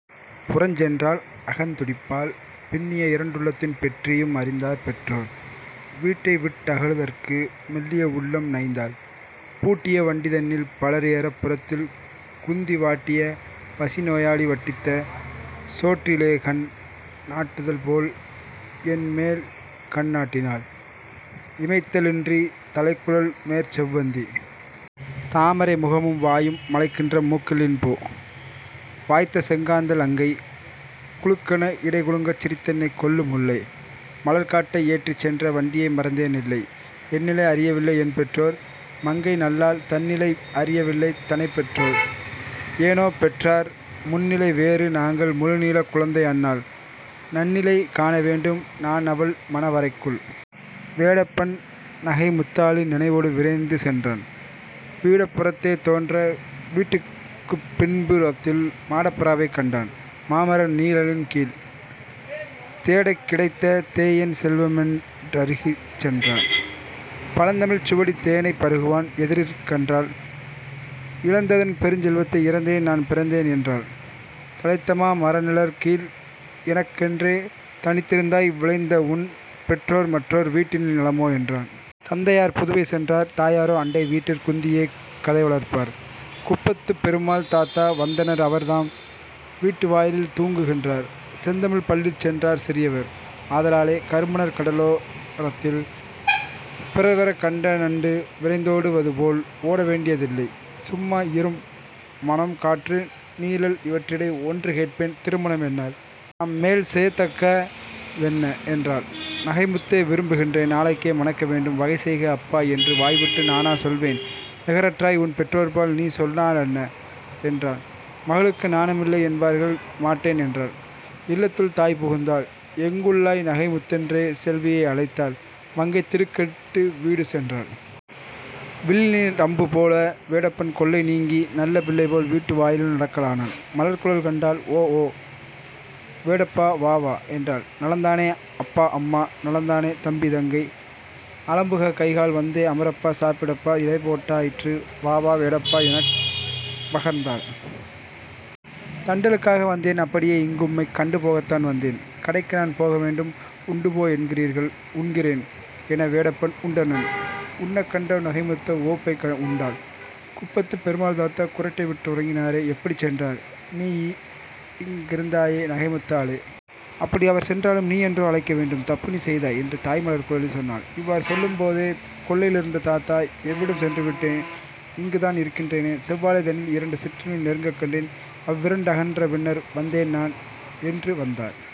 புறஞ்சென்றாள் அகந்து டிப்பாள்; பின்னிய இரண்டுள்ளத்தின் பெற்றியும் அறிந்தார் பெற்றோர். வீட்டைவிட் டகலு தற்கு மெல்லியோ உள்ளம் நைந்தாள்! பூட்டிய வண்டி தன்னில் பலர்ஏறப் புறத்தில் குந்தி வாட்டிய பசிநோ யாளி வட்டித்த சோற்றி லேகண் நாட்டுதல் போல்என் மேல்கண் நாட்டினாள் இமைத்த லின்றி! தலைக்குழல் மேற்செவ் வந்தி! தாமரை, முகமும் வாயும்! மலைக்கின்ற மூக்கெள் ளின்பூ! வாய்த்தசெங் காந்தள் அங்கை! குலுக்கென இடைகு லுங்கச் சிரித்தென்னைக் கொல்லு முல்லை! மலர்க்காட்டை ஏற்றிச் சென்ற வண்டியை மறந்தே னில்லை! என்நிலை அறிய வில்லை என்பெற்றோர்; மங்கை நல்லாள் தன்னிலை அறிய வில்லை தனைப்பெற்றோர்! ஏனோ பெற்றார் முன்நிலை வேறு நாங்கள் முழுநீளக் குழந்தை அந்நாள்; நன்னிலை காண வேண்டும் நான்அவள், மணவ றைக்குள்! வேடப்பன் நகைமுத் தாளின் நினைவொடு விரைந்து சென்றான். வீடப்பு றத்தே தோன்ற வீட்டுக்குப் பின்பு றத்தில் மாடப்பு றாவைக் கண்டான் மாமர நீழ லின்கீழ்! தேடக்கி டைத்த தேஎன் செல்வமென் றருகிற் சென்றான். பழந்தமிழ்ச் சுவடித் தேனைப் பருகுவான் எதிரிற் கண்டாள்; இழந்ததன் பெருஞ்செல் வத்தை 'இறந்தேன் நான் பிறந்தேன்' என்றாள் 'தழைத்தமா மரநி ழற்கீழ் எனக்கென்றே தனித்தி ருந்தாய் விழைந்தஉன் பெற்றோர் மற்றோர் வீட்டினில் நலமோ' என்றான். 'தந்தையார் புதுவை சென்றார்; தாயாரோ அண்டை வீட்டிற் குந்தியே கதைவ ளர்ப்பார்; குப்பத்துப் பெருமாள் தாத்தா வந்தனர் அவர்தாம் வீட்டு வாயிலில் தூங்கு கின்றார்; செந்தமிழ்ப் பள்ளி சென்றார் சிறியவர்! ஆத லாலே; கருமணற் கடலோ ரத்தில் பிறர்வரக் கண்ட நண்டு விரைந்தோடு வதுபோல் ஓட வேண்டிய தில்லை, சும்மா இரும்; மணம், காற்று, நீழல் இவற்றிடை ஒன்று கேட்பேன்; திருமணம் எந்நாள்? நாம், மேல் செயத்தக்க தென்ன? ' என்றாள் 'நகைமுத்தை விரும்பு கின்றேன் நாளைக்கே மணக்க வேண்டும் வகைசெய்க அப்பா என்று வாய்விட்டு நானா சொல்வேன்? நிகரற்றாய் உன்பெற் றோர்பால் நீசொன்னா லென்ன? ' என்றான்; 'மகளுக்கு நாண மில்லை என்பார்கள்; மாட்டேன்' என்றாள். இல்லத்துள் தாய்பு குந்தாள்; 'எங்குள்ளாய் நகைமுத்' தென்றே செல்வியை அழைத்தாள்; மங்கை திடுக்கிட்டு வீடு சென்றாள். வில்லினின் றம்பு போல வேடப்பன் கொல்லை நீங்கி நல்லபிள் ளைபோல் வீட்டு வாயிலுள் நடக்கலானான். மலர்க்குழல் கண்டாள் 'ஓ! ஓ! வேடப்பா வாவா' என்றாள். 'நலந்தானே அப்பா அம்மா? நலந்தானே தம்பி தங்கை? அலம்புக கைகால் வந்தே அமரப்பா சாப்பி டப்பா இலைபோட்டா யிற்று வாவா வேடப்பா' எனப்ப கர்ந்தாள். 'தண்டலுக் காக வந்தேன்; அப்படி யேஇங் கும்மைக் கண்டுபோ கத்தான் வந்தேன்; கடைக்குநான் போக வேண்டும் உண்டுபோ என்கின் றீர்கள் உண்கின்றேன்' எனவே டப்பன் உண்டனன்; உண்ணக் கண்ட நகைமுத்தோ உவப்பை உண்டாள். 'குப்பத்துப் பெருமாள் தாத்தா குறட்டைவிட் டுறங்கி னாரே; எப்படிச் சென்றார்? நீயிங் கிருந்தாயே நகைமுத் தாளே! அப்படி அவர்சென் றாலும் நீயன்றோ அழைக்க வேண்டும் தப்புநீ செய்தாய்' என்று தாய்மலர்க் குழலி சொன்னாள். இவ்வாறு சொல்லும் போதே கொல்லையி லிருந்த தாத்தா 'எவ்விடம் சென்று விட்டேன் இங்குத்தான் இருக்கின் றேனே; செவ்வாழை தனில்இ ரண்டு சிற்றணில் நெருங்கக் கண்டேன் அவ்விரண் டகன்ற பின்னர் வந்தேன்நான்' என்று வந்தார்.